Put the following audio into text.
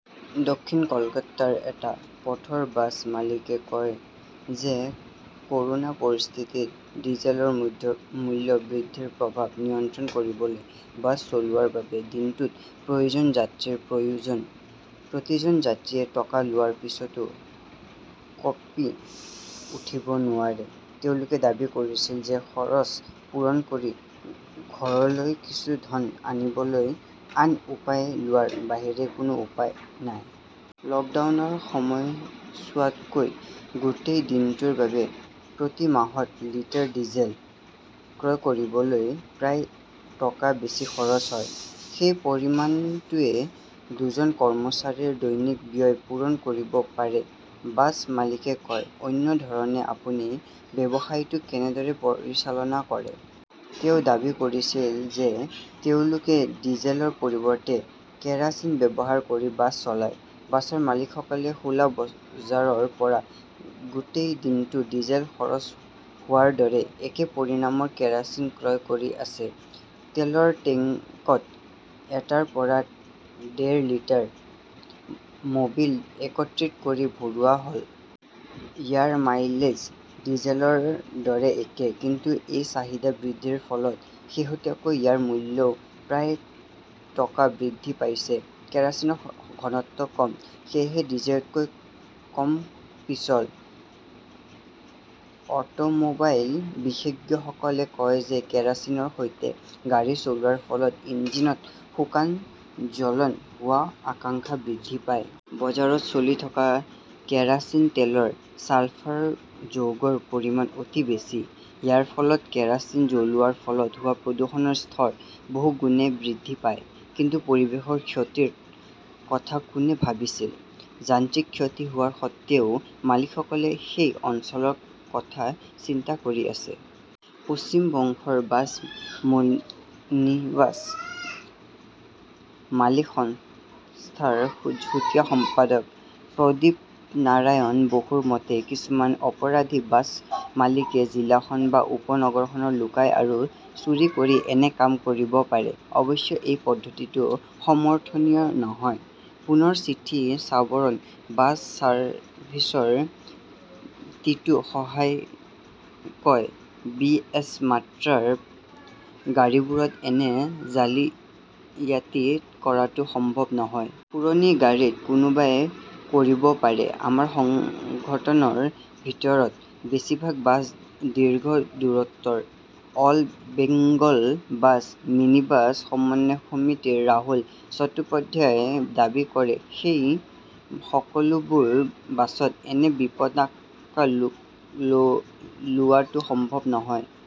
দক্ষিণ কলকাতাৰ এটা পথৰ বাছ মালিকে কয় যে কৰোনা পৰিস্থিতিত ডিজেলৰ মূল্য বৃদ্ধিৰ প্ৰভাৱ নিয়ন্ত্ৰণ কৰিবলৈ বাছ চলোৱাৰ বাবে দিনটোত প্ৰায়জন যাত্ৰীৰ প্ৰয়োজন। প্ৰতিজন যাত্ৰীয়ে টকা লোৱাৰ পিছতো কঁপি উঠিব নোৱাৰে। তেওঁলোকে দাবী কৰিছিল যে খৰচ পূৰণ কৰি ঘৰলৈ কিছু ধন আনিবলৈ আন উপায় লোৱাৰ বাহিৰে কোনো উপায় নাই। লকডাউনৰ সময়ছোৱাতকৈ গোটেই দিনটোৰ বাবে প্ৰতি মাহত লিটাৰ ডিজেল ক্ৰয় কৰিবলৈ প্ৰায় টকা বেছি খৰচ হয়। সেই পৰিমাণটোৱে দুজন কৰ্মচাৰীৰ দৈনিক ব্যয় পূৰণ কৰিব পাৰে বাছ মালিকে কয়। অন্য ধৰণে আপুনি ব্যৱসায়টো কেনেদৰে পৰিচালনা কৰে? তেওঁ দাবী কৰিছিল যে তেওঁলোকে ডিজেলৰ পৰিৱৰ্তে কেৰাচিন ব্যৱহাৰ কৰি বাছ চলায়। বাছৰ মালিকসকলে খোলা বজাৰৰ পৰা গোটেই দিনটো ডিজেল খৰচ হোৱাৰ দৰে একে পৰিনামৰ কেৰোচিন ক্ৰয় কৰি আছে। তেলৰ টেংকত এটাৰ পৰা ডেৰ লিটাৰ মোবিল একত্ৰিত কৰি ভৰোৱা হয়। ইয়াৰ মাইলেজ ডিজেলৰ দৰে একে। কিন্তু এই চাহিদা বৃদ্ধিৰ ফলত শেহতীয়াকৈ ইয়াৰ মূল্যও প্ৰায় টকা বৃদ্ধি পাইছে। কেৰোচিনৰ ঘনত্ব কম। সেয়েহে ডিজেলতকৈ কম পিচল। অটোমোবাইল বিশেজ্ঞসকলে কয় যে কেৰোচিনৰ সৈতে গাড়ী চলোৱাৰ ফলত ইঞ্জিনত শুকান জ্বলন হোৱাৰ আকাংক্ষা বৃদ্ধি পায়। বজাৰত চলি থকা কেৰাচিন তেলত ছালফাৰ যৌগৰ পৰিমাণ অতি বেছি। ইয়াৰ ফলত কেৰাচিন জ্বলোৱাৰ ফলত হোৱা প্ৰদূষণৰ স্তৰ বহুগুণে বৃদ্ধি পায়। কিন্তু পৰিৱেশৰ ক্ষতিৰ কথা কোনে ভাবিছিল ?যান্ত্ৰিক ক্ষতি হোৱাৰ স্বত্ত্বেও মালিকসকলে সেই অঞ্চলৰ কথা চিন্তা কৰি আছে। পশ্চিম বংগৰ বাছ-মনি মিনিবাছ মালিক সংস্থাৰ যুটীয়া সম্পাদক প্ৰদীপনাৰায়ণ বসুৰ মতে, কিছুমান অপৰাধী বাছ মালিকে জিলাখন বা উপনগৰত লুকাই আৰু চুৰি কৰি এনে কাম কৰিব পাৰে। অৱশ্যে সেই পদ্ধতিটো সমৰ্থনীয় নহয়। পুনৰ চিটি ছাবৰ্ণ বাছ ছাৰ্ভিচৰ টিটু সাহাই কয় বিএছ- মাত্ৰাৰ গাড়ীবোৰত এনে জালিয়াতি কৰাটো সম্ভৱ নহয়। পুৰণি গাড়ীত কোনোবাই কৰিব পাৰে। আমাৰ সংগঠনৰ ভিতৰত বেছিভাগ বাছ দীৰ্ঘ দূৰত্বৰ ,অল বেংগল বাছ মিনিবাছ সমন্বয় সমিতিৰ ৰাহুল চট্টোপাধ্যায়ই দাবী কৰে। সেই সকলোবোৰ বাছত এনে বিপদাশংকা লো লো লোৱাটো সম্ভৱ নহয়।